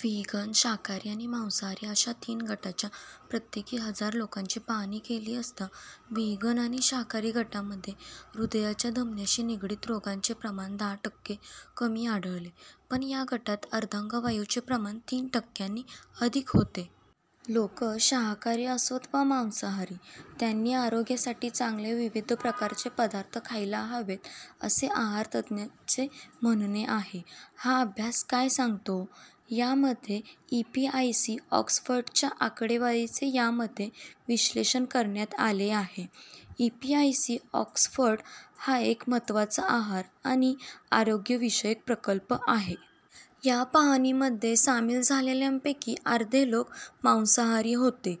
Vegan, शाकाहारी आणि मांसाहारी अशा तीन गटांच्या प्रत्येकी हजार लोकांची पाहणी केली असता व्हिगन आणि शाकाहारी गटांमध्ये हृदयाच्या धमन्यांशी निगडित रोगांचे प्रमाण दहा टक्के कमी आढळले. पण या गटात अर्धांगवायूचे प्रमाण तीन टक्क्यांनी अधिक होते. लोक शाकाहारी असोत वा मांसाहारी त्यांनी आरोग्यासाठी चांगले विविध प्रकारचे पदार्थ खायला हवेत असे आहारतज्ज्ञांचे म्हणणे आहे. हा अभ्यास काय सांगतो? यामध्ये ईपीआयसी-ऑक्सफर्डच्या आकडेवारीचे यामध्ये विश्लेषण करण्यात आले आहे. ईपीआयसी-ऑक्सफर्ड हा एक महत्त्वाचा आहार आणि आरोग्यविषयक प्रकल्प आहे. या पाहणीमध्ये सामील झालेल्यांपैकी अर्धे लोक मांसाहारी होते.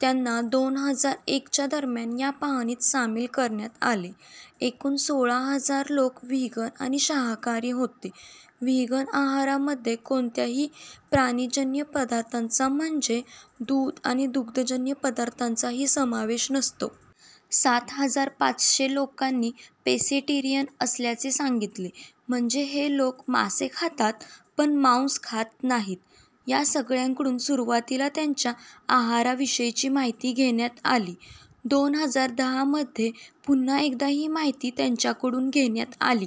त्यांना दोन हजार एकच्या दरम्यान या पाहणीत सामील करण्यात आले. एकूण सोळा हजार लोक व्हिगन आणि शाकाहारी होते. व्हिगन आहारामध्ये कोणत्याही प्राणीजन्य पदार्थांचा म्हणजे दूध आणि दुग्धजन्य पदार्थांचाही समावेश नसतो. सात हजार पाचशे लोकांनी पेसेटेरियन असल्याचे सांगितले. म्हणजे हे लोक मासे खातात पण मांस खात नाहीत. या सगळ्यांकडून सुरवातीला त्यांच्या आहाराविषयीची माहिती घेण्यात आली. दोन हजार दहामध्ये पुन्हा एकदा ही माहिती त्यांच्याकडून घेण्यात आली.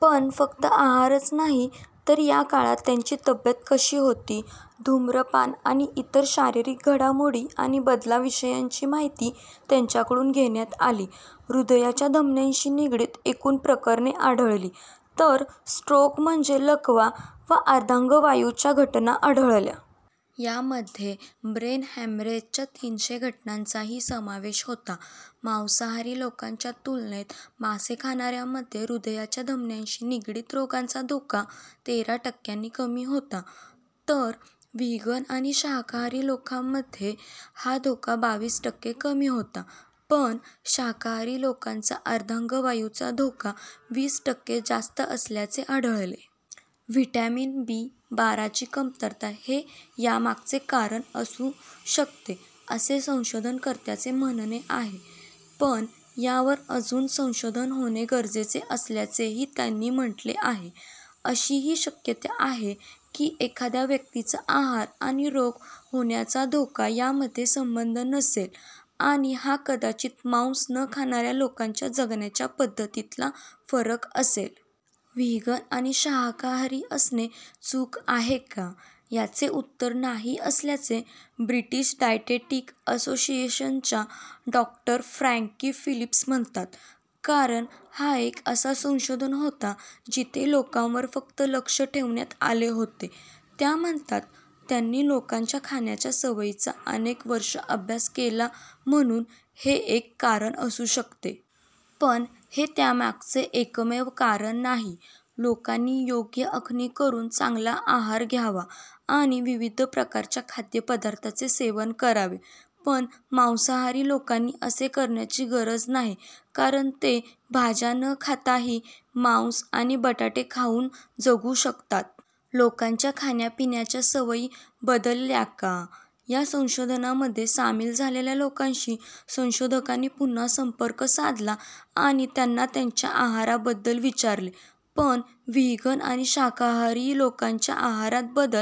पण फक्त आहारच नाही तर या काळात त्यांची तब्येत कशी होती, धूम्रपान आणि इतर शारीरिक घडामोडी आणि बदलांविषयीची माहिती त्यांच्याकडून घेण्यात आली. हृदयाच्या धमन्याशी निगडित एकूण प्रकरणे आढळली. तर स्ट्रोक म्हणजे लकवा वा अर्धांगवायूच्या घटना आढळल्या. यामध्ये ब्रेन हॅमरेजच्या तीनशे घटनांचाही समावेश होता. मांसाहारी लोकांच्या तुलनेत मासे खाणाऱ्यांमध्ये हृदयाच्या धमन्यांशी निगडित रोगांचा धोका तेरा टक्क्यांनी कमी होता. तर व्हिगन आणि शाकाहारी लोकांमध्ये हा धोका बावीस टक्के कमी होता. पण शाकाहारी लोकांना अर्धांगवायूचा धोका वीस टक्के जास्त असल्याचे आढळले. व्हिटॅमिन बी-बाराची कमतरता हे यामागचे कारण असू शकते असे संशोधनकर्त्यांचे म्हणणे आहे. पण यावर अजून संशोधन होणे गरजेचे असल्याचेही त्यांनी म्हटले आहे. अशी ही शक्यता आहे कि एखाद्या व्यक्तीचा आहार आणि रोग होण्याचा धोका यामध्ये संबंध नसेल आणि हा कदाचित मांस न खाणाऱ्या लोकांच्या जगण्याच्या पद्धतींतला फरक असेल. व्हिगन आणि शाकाहारी असणे चूक आहे का? याचे उत्तर 'नाही' असल्याचे ब्रिटिश डाएटेटिक असोसिएशनच्या डॉ. फ्रँकी फिलिप्स म्हणतात. कारण हा एक असा संशोधन होता जिथे लोकांवर फक्त लक्ष ठेवण्यात आले होते. त्या म्हणतात, "त्यांनी लोकांच्या खाण्याच्या सवयींचा अनेक वर्षे अभ्यास केला म्हणून हे एक कारण असू शकते. पण हे त्यामागचे एकमेव कारण नाही." "लोकांनी योग्य आखणी करून चांगला आहार घ्यावा आणि विविध प्रकारच्या खाद्यपदार्थांचे सेवन करावे. पण मांसाहारी लोकांनी असे करण्याची गरज नाही. कारण ते भाज्या न खाताही मांस आणि बटाटे खाऊन जगू शकतात." लोकांच्या खाण्यापिण्याच्या सवयी बदलल्या का? या संशोधनामध्ये सामील झालेल्या लोकांशी संशोधकांनी पुन्हा संपर्क साधला आणि त्यांना त्यांच्या आहाराबद्दल विचारले. पण व्हिगन आणि शाकाहारी लोकांच्या आहारात बदल